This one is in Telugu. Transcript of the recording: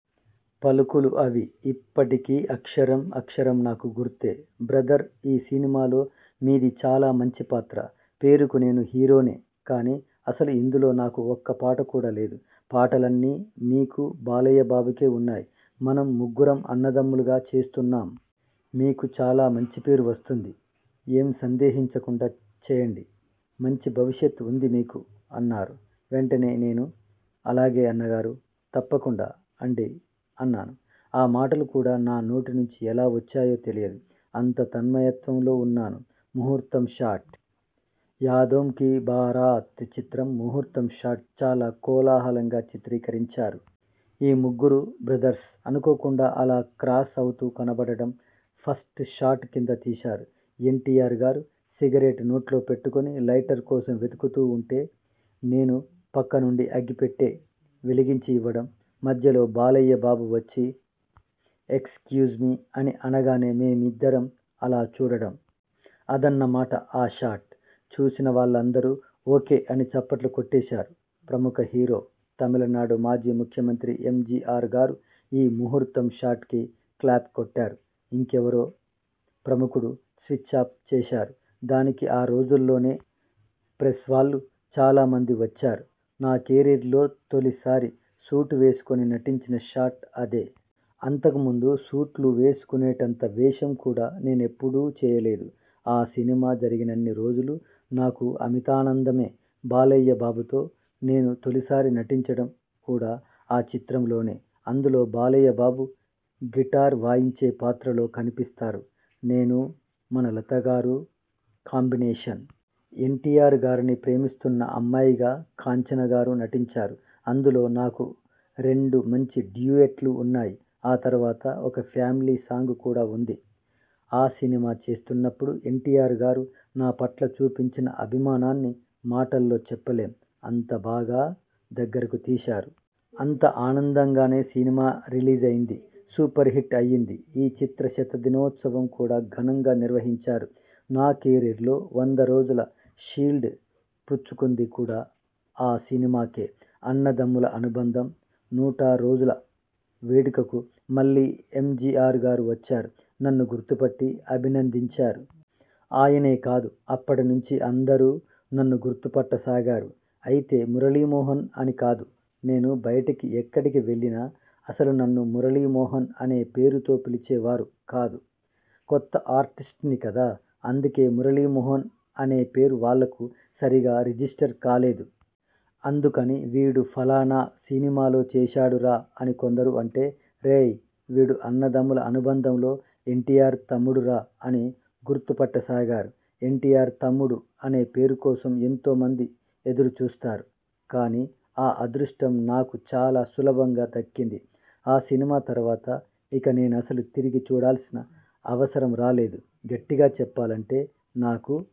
పలుకులు అవి. ఇప్పటికీ అక్షరం, అక్షరం నాకు గుర్తే. 'బ్రదర్ ఈ సినిమాలో మీది చాలా మంచి పాత్ర. పేరుకు నేను హీరోనే కానీ, అసలు ఇందులో నాకు ఒక్కపాట కూడా లేదు. పాటలన్నీ మీకూ, బాలయ్య బాబుకే ఉన్నాయి. మనం ముగ్గురం అన్నదమ్ములుగా చేస్తున్నాం. మీకు చాలా మంచిపేరు వస్తుంది. ఏం సందేహించకుండా చేయండి. మంచి భవిష్యత్తు ఉంది మీకు' అన్నారు. వెంటనే నేను ''అలాగే అన్నగారూ.. తప్పకుండా అండీ'' అన్నాను. ఆ మాటలు కూడా నా నోటినుంచి ఎలా వచ్చాయో తెలియదు. అంత తన్మయత్వంలో ఉన్నాను. ముహూర్తం షాట్. యాదోం కి బారాత్ చిత్రం 'ముహూర్తం షాట్' చాలా కోలాహలంగా చిత్రీకరించారు. ఈ ముగ్గురు బ్రదర్స్ అనుకోకుండా అలా క్రాస్ అవుతూ కనపడటం ఫస్ట్ షాట్ కింద తీశారు. ఎన్టీఆర్ గారు సిగరెట్ నోట్లో పెట్టుకుని లైటర్ కోసం వెతుకుతూ ఉంటే, నేను పక్కనుండి అగ్గిపెట్టె వెలిగించి ఇవ్వడం, మధ్యలో బాలయ్య బాబు వచ్చి 'ఎక్స్ క్యూజ్మీ' అని అనగానే మేమిద్దరం అలా చూడటం.. అదన్నమాట ఆ షాట్. చూసిన వాళ్లందరూ ఓకే అని చప్పట్లు కొట్టేశారు. ప్రముఖ హీరో, తమిళనాడు మాజీ ముఖ్యమంత్రి ఎంజీఆర్ గారు ఈ ముహూర్తం షాట్కి క్లాప్ కొట్టారు. ఇంకెవరో ప్రముఖుడు స్విచ్ఛాన్ చేశారు. దానికి ఆ రోజుల్లోనే ప్రెస్వాళ్లు చాలా మంది వచ్చారు. నా కెరీర్లో తొలి సారి సూట్ వేసుకుని నటించిన షాట్ అదే. అంతకు ముందు సూట్లు వేసుకునేటంత వేషం కూడా నేనెప్పుడూ చేయలేదు. ఆ సినిమా జరిగినన్ని రోజులూ నాకు అమితానందమే. బాలయ్య బాబుతో నేను తొలిసారి నటించడం కూడా ఆ చిత్రంలోనే. అందులో బాలయ్య బాబు గిటార్ వాయించే పాత్రలో కనిపిస్తారు. నేనూ మన లతగారూ కాంబినేషన్. ఎన్టీఆర్ గారిని ప్రేమిస్తున్న అమ్మాయిగా కాంచన గారు నటించారు. అందులో నాకు రెండు మంచి డ్యూయట్లు ఉన్నాయి. ఆ తర్వాత ఒక ఫ్యామిలీ సాంగ్ కూడా ఉంది. ఆ సినిమా చేస్తున్నప్పుడు ఎన్టీఆర్ గారు నాపట్ల చూపించిన అభిమానాన్ని మాటల్లో చెప్పలేం. అంత బాగా దగ్గరకు తీశారు. అంత ఆనందంగానే సినిమా రిలీజైంది. సూపర్ హిట్ అయింది. ఈ చిత్ర శతదినోత్సవం కూడా ఘనంగా నిర్వహించారు. నా కెరీర్లో వంద రోజుల షీల్డ్ పుచ్చుకుంది కూడా ఆ సినిమాకే. 'అన్నదమ్ముల అనుబంధం' నూట రోజుల వేడుకకు మళ్లీ ఎంజీఆర్ గారు వచ్చారు నన్ను గుర్తుపట్టి అభినందించారు. ఆయనే కాదు, అప్పటినుంచి అందరూ నన్ను గుర్తుపట్ట సాగారు. అయితే మురళీమోహన్ అని కాదు. నేను బయటికి ఎక్కడికి వెళ్లినా అసలు నన్ను మురళీమోహన్ అనే పేరుతో పిలిచేవారు కాదు. కొత్త ఆర్టిస్ట్ని కదా. అందుకే మురళీమోహన్ అనే పేరు వాళ్లకు సరిగా రిజిస్టర్ కాలేదు. అందుకని 'వీడు ఫలానా సినిమాలో చేశాడురా' అని కొందరు అంటే, 'రేయ్.. వీడు అన్నదమ్ముల అనుబంధంలో, ఎన్టీఆర్ తమ్ముడురా' అని గుర్తుపట్ట సాగారు. ఎన్టీఆర్ తమ్ముడు అనే పేరుకోసం ఎంతోమంది ఎదురు చూస్తారు. కానీ ఆ అదృష్టం నాకు చాలా సులభంగా దక్కింది. ఆ సినిమా తర్వాత ఇక నేనసలు తిరిగి చూడాల్సిన అవసరం రాలేదు. గట్టిగా చెప్పాలంటే నాకు